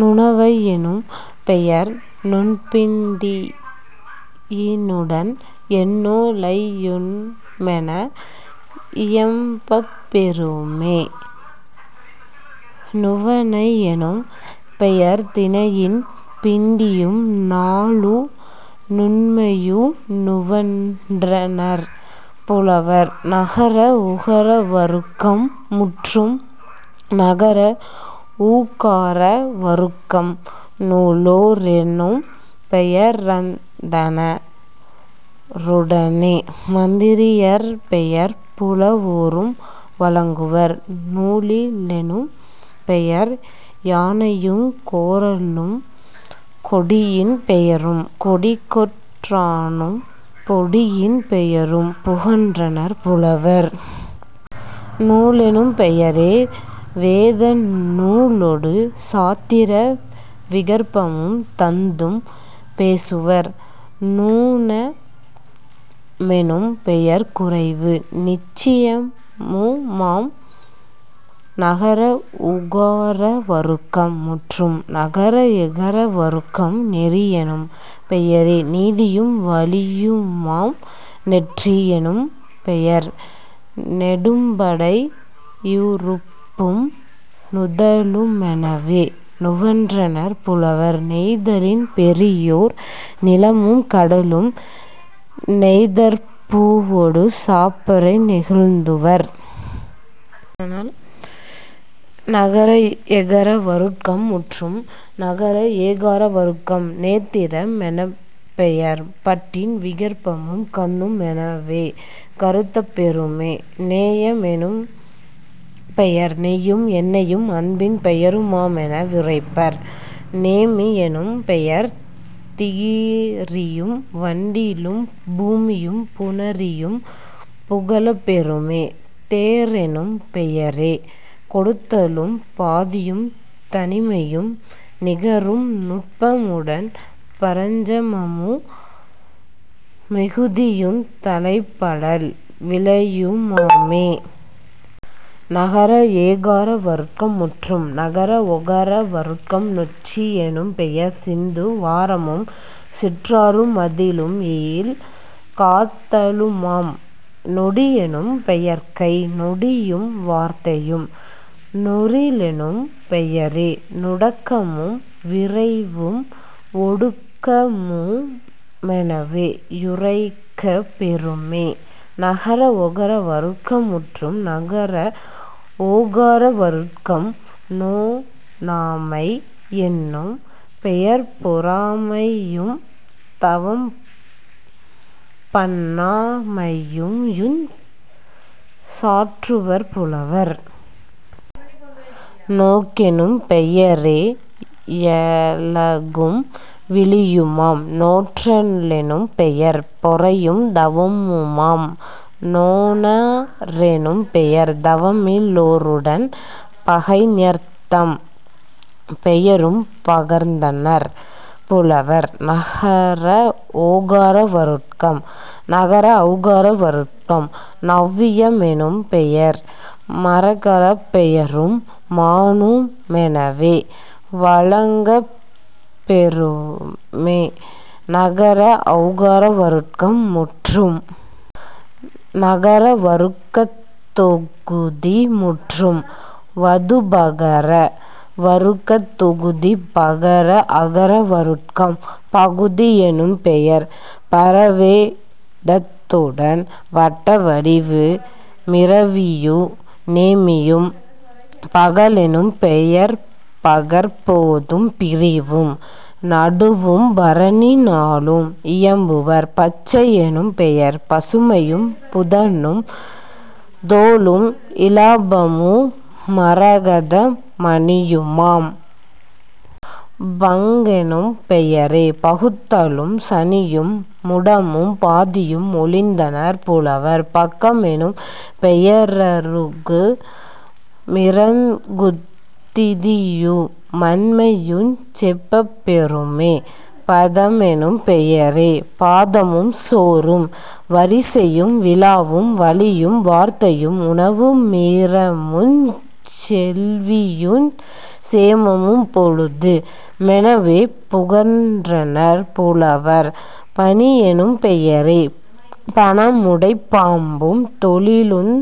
நுணவை யெனும்பெயர் நுண்பிண் டியினுடன் எண்ணோ லையுமென இயம்பப் பெறுமே..... நுவணை யெனும் பெயர் தினையின் பிண்டியும் நூலு நுண்மையு நுவன்றனர் புலவர்..... நகர உகர வருக்கம் முற்றும். நகர ஊகார வருக்கம் நூலோ ரெனும்பெய ரந்தண ருடனே மந்திரி யர்பெயர் புலவோரும் வழங்குவர்..... நூழி லெனும்பெயர் யானையுங் கோறலும் கொடியின் பெயரும் கொடிக்கொற் றானும் பொடியின் பெயரும் புகன்றனர் புலவர்..... நூலெனும் பெயரே வேத நூலொடு சாத்திர விகற்பமும் தந்தும் பேசுவர்..... நூண மெனும்பெயர் குறைவு நிச்சயம்முமாம்..... நகர உகார வருக்கம் முற்றும். நகர எகர வருக்கம் நெறியெனும் பெயரே நீதியும் வழியுமாம்..... நெற்றி யெனும்பெயர் நெடும்படை யுறுப்பும் நுதலு மெனவே நுவன்றனர் புலவர்..... நெய்தலின் பெரியோர் நிலமும் கடலும் நெய்தற் பூவொடு சாப்பறை நிகழ்ந்துவர்..... நகர எகர வருக்கம் முற்றும். நகர ஏகார வருக்கம் நேத்திர மெனப்பெயர் பட்டின் விகற்பமும் கண்ணு மெனவே கருதப் பெறுமே..... நேய மெனும்பெயர் நெய்யும் எண்ணெயும் அன்பின் பெயரு மாமென வுரைப்பர்..... நேமி யெனும்பெயர் திகிரியும் வண்டிலும் பூமியும் புணரியும் புகலப் பெறுமே..... தேரெனும் பெயரே கொடுத்தலும் பாதியும் தனிமையும் நிகரும் நுட்பமுடன் பரஞ்சமமு மிகுதியுந் தலைப்படல் விலையு மாமே..... நகர ஏகார வருக்கம் முற்றும். நகர ஒகர வருக்கம் நொச்சி யெனும்பெயர் சிந்து வாரமும் சிற்றாரு மதிலும் எயில் காத்தலுமாம்..... நொடியெனும் பெயர்கை நொடியும் வார்த்தையும்..... நொறிலெனும் பெயரே நுடக்கமும் விரைவும் ஒடுக்கமு மெனவே யுரைக்கப் பெறுமே..... நகர ஒகர வருக்கம் முற்றும். நகர ஓகார வருக்கம் நோனாமை யென்னும் பெயர்பொ றாமையும் தவம்பண்ணா மையுஞ் சாற்றுவர் புலவர்..... நோக்கெனும் பெயரே யழகும் விழியுமாம்..... நோற்ற லெனும்பெயர் பொறையும் தவமுமாம்..... நோனா ரெனும்பெயர் தவமில் லோருடன் பகைஞர்தம் பெயரும் பகர்ந்தனர் புலவர்..... நகர ஓகார வருக்கம். நகர ஒளகார வருக்கம் நெளவிய மெனும்பெயர் மரக்கலப் பெயரும் மானு மெனவே வழங்கப் பெறுமே..... நகர ஒளகார வருக்கம் முற்றும். நகர வருக்கத் தொகுதி முற்றும். வது பகர வருக்கத் தொகுதி பகர அகர வருக்கம் பகுதி யெனும்பெயர் பரவே டத்துடன் வட்ட வடிவு மிரவியு நேமியும்..... பகலெனும் பெயர்பகற் போதும் பிரிவும் நடுவும் பரணி நாளும் இயம்புவர்..... பச்சை யெனும்பெயர் பசுமையும் புதனும் தோலும் இலாபமு மரகத மணியுமாம்..... பங்கெனும் பெயரே பகுத்தலும் சனியும் முடமும் பாதியும் மொழிந்தனர் புலவர்..... பக்க மெனும்பெய ரருகு மிறகுந் திதியு மண்மையுஞ் செப்பப் பெறுமே..... பதமெனும் பெயரே பாதமும் சோறும் வரிசையும் விழாவும் வழியும் வார்த்தையும் உணவு மீரமுஞ் செல்வியு சேமமும் பொழுது மெனவே புகன்றனர் புலவர்..... பணியெனும் பெயரே பணமுடைப் பாம்பும் தொழிலுந்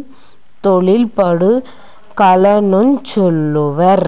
தொழில்படு கலனுஞ் சொல்லுவர்.....